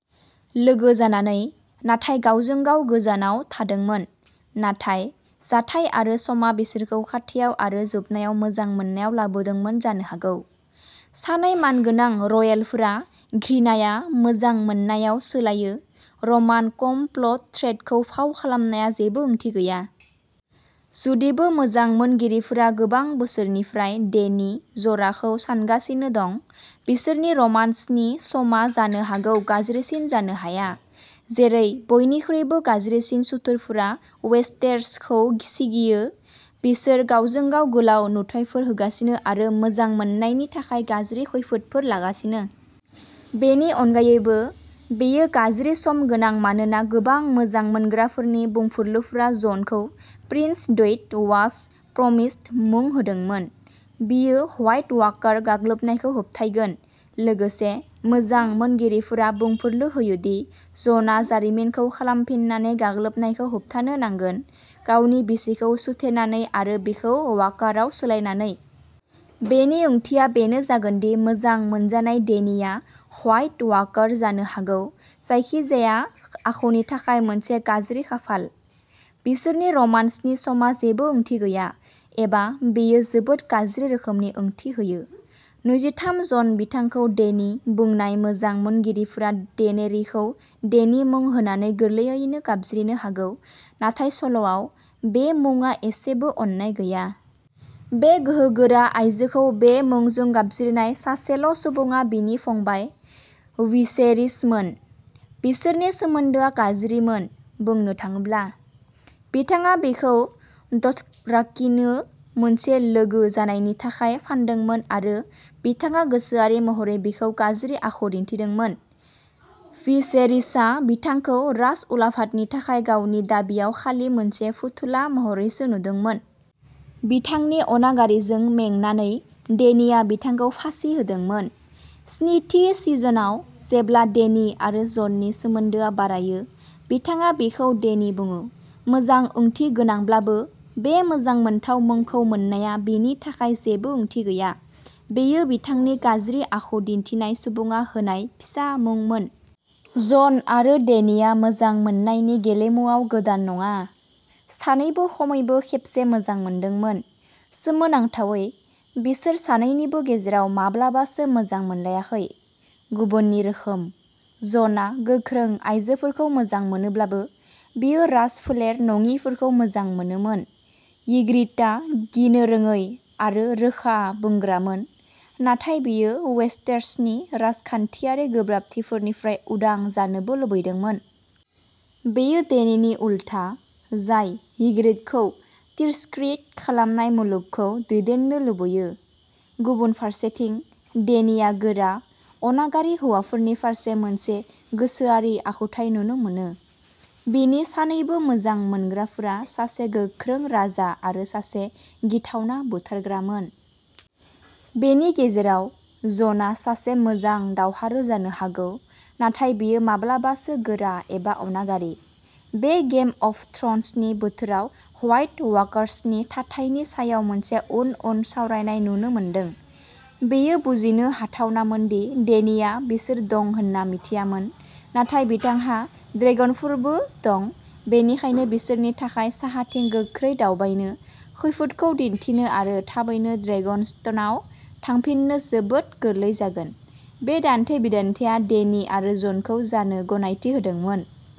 लोगो जानानै, नाथाय गावजों गाव गोजानाव थादोंमोन। नाथाय, जाथाय आरो समा बिसोरखौ खाथियाव आरो जोबनायाव मोजां मोननायाव लाबोदोंमोन जानो हागौ। सानै मानगोनां रयेलफोरा "घृणाया मोजां मोननायाव सोलायो" रमान-कम प्लट थ्रेडखौ फाव खालामनाया जेबो ओंथि गैया। जुदिबो मोजां मोनगिरिफोरा गोबां बोसोरनिफ्राय डेनी जराखौ सानगासिनो दं। बिसोरनि रमान्सनि समआ जानो हागौ गाज्रिसिन जानो हाया। जेरै बयनिख्रुइबो गाज्रिसिन सुथुरफोरा वेस्टेरसखौ सिगियो। बिसोर गावजों-गाव गोलाव नुथायफोर होगासिनो आरो मोजां मोननायनि थाखाय गाज्रि खैफोदफोर लागासिनो। बेनि अनगायैबो, बेयो गाज्रि सम गोनां मानोना गोबां मोजां मोनग्राफोरनि बुंफुरलुफोरा जनखौ "प्रिन्स दैट वास प्रमिस्ड" मुं होदोंमोन। बियो व्हाइट वाकार गाग्लोबनायखौ होबथायगोन। लोगोसे, मोजां मोनगिरिफोरा बुंफुरलु होयो दि जनआ जारिमिनखौ खालामफिननानै गाग्लोबनायखौ होबथानो नांगोन। गावनि बिसिखौ सुथेनानै आरो बिखौ वाकारआव सोलायनानै। बेनि ओंथिया बेनो जागोन दि मोजां मोनजानाय डेनीआ व्हाइट वाकार जानो हागौ। जायखिजाया आखुनि थाखाय मोनसे गाज्रि खाफाल। बिसोरनि रमान्सनि समआ जेबो ओंथि गैया। एबा बेयो जोबोद गाज्रि रोखोमनि ओंथि होयो। नैजिथाम जन बिथांखौ "डेनी" बुंनाय मोजां मोनगिरिफोरा डेनेरिखौ "डेनी" मुं होनानै गोरलैयैनो गाबज्रिनो हागौ। नाथाय सल'आव, बे मुङा एसेबो अननाय गैया। बे गोहोगोरा आयजोखौ बे मुंजों गाबज्रिनाय सासेल'सुबुङा बिनि फंबाय, विसेरिसमोन। बिसोरनि सोमोन्दोआ गाज्रिमोन, बुंनो थाङोब्ला। बिथाङा बिखौ डथराकीनो मोनसे लोगो जानायनि थाखाय फानदोंमोन आरो बिथाङा गोसोआरि महरै बिखौ गाज्रि आखु दिन्थिदोंमोन। भिसेरिसआ बिथांखौ राजउलाफादनि थाखाय गावनि दाबिआव खालि मोनसे फुथुला महरैसो नुदोंमोन। बिथांनि अनागारिजों मेंनानै, डेनीआ बिथांखौ फासि होदोंमोन। स्निथि सिजनआव, जेब्ला डेनी आरो जननि सोमोन्दोआ बारायो, बिथाङा बिखौ डेनी बुङो। मोजां ओंथि गोनांब्लाबो, बे मोजां मोनथाव मुंखौ मोननाया बिनि थाखाय जेबो ओंथि गैया। बेयो बिथांनि गाज्रि आखु दिन्थिनाय सुबुङा होनाय फिसा मुंमोन। जन आरो डेनीआ मोजां मोननायनि गेलेमुआव गोदान नङा। सानैबो खमैबो खेबसे मोजां मोनदोंमोन। सोमोनांथावै, बिसोर सानैनिबो गेजेराव माब्लाबासो मोजां मोनलायाखै। गुबुननि रोखोम। ज'नआ गोख्रों आइजोफोरखौ मोजां मोनोब्लाबो, बियो राजफोलेर नङिफोरखौ मोजां मोनोमोन। यिग्रिटआ गिनो रोङै आरो रोखा बुंग्रामोन, नाथाय बियो वेस्टेरसनि राजखान्थियारि गोब्राबथिफोरनिफ्राय उदां जानोबो लुबैदोंमोन। बेयो डेनिनि उल्था, जाय यिग्रिटखौ तिरस्कृत खालामनाय मुलुगखौ दैदेननो लुबैयो। गुबुन फारसेथिं, डेनिआ गोरा, अनागारि हौवाफोरनि फारसे मोनसे गोसोआरि आखुथाय नुनो मोनो। बिनि सानैबो मोजां मोनग्राफोरा सासे गोख्रों राजा आरो सासे गिथावना बुथारग्रामोन। बेनि गेजेराव, ज'ना सासे मोजां दावहारु जानो हागौ। नाथाय बियो माब्लाबासो गोरा एबा अनागारि। बे गेम अफ थ्र'न्सनि बोथोराव व्हाइट वाकार्सनि थाथायनि सायाव मोनसे उन उन सावरायनाय नुनो मोनदों। बेयो बुजिनो हाथावनामोन दि डेनिआ बिसोर दं होन्ना मिथियामोन, नाथाय बिथांहा ड्रेगनफोरबो दं, बेनिखायनो बिसोरनि थाखाय साहाथिं गोख्रै दावबायनो, खैफोदखौ दिन्थिनो आरो थाबैनो ड्रेगनस्टनआव थांफिननो जोबोद गोरलै जागोन। बे दान्थे-बिदान्थेया डेनि आरो जनखौ जानो गनायथि होदोंमोन।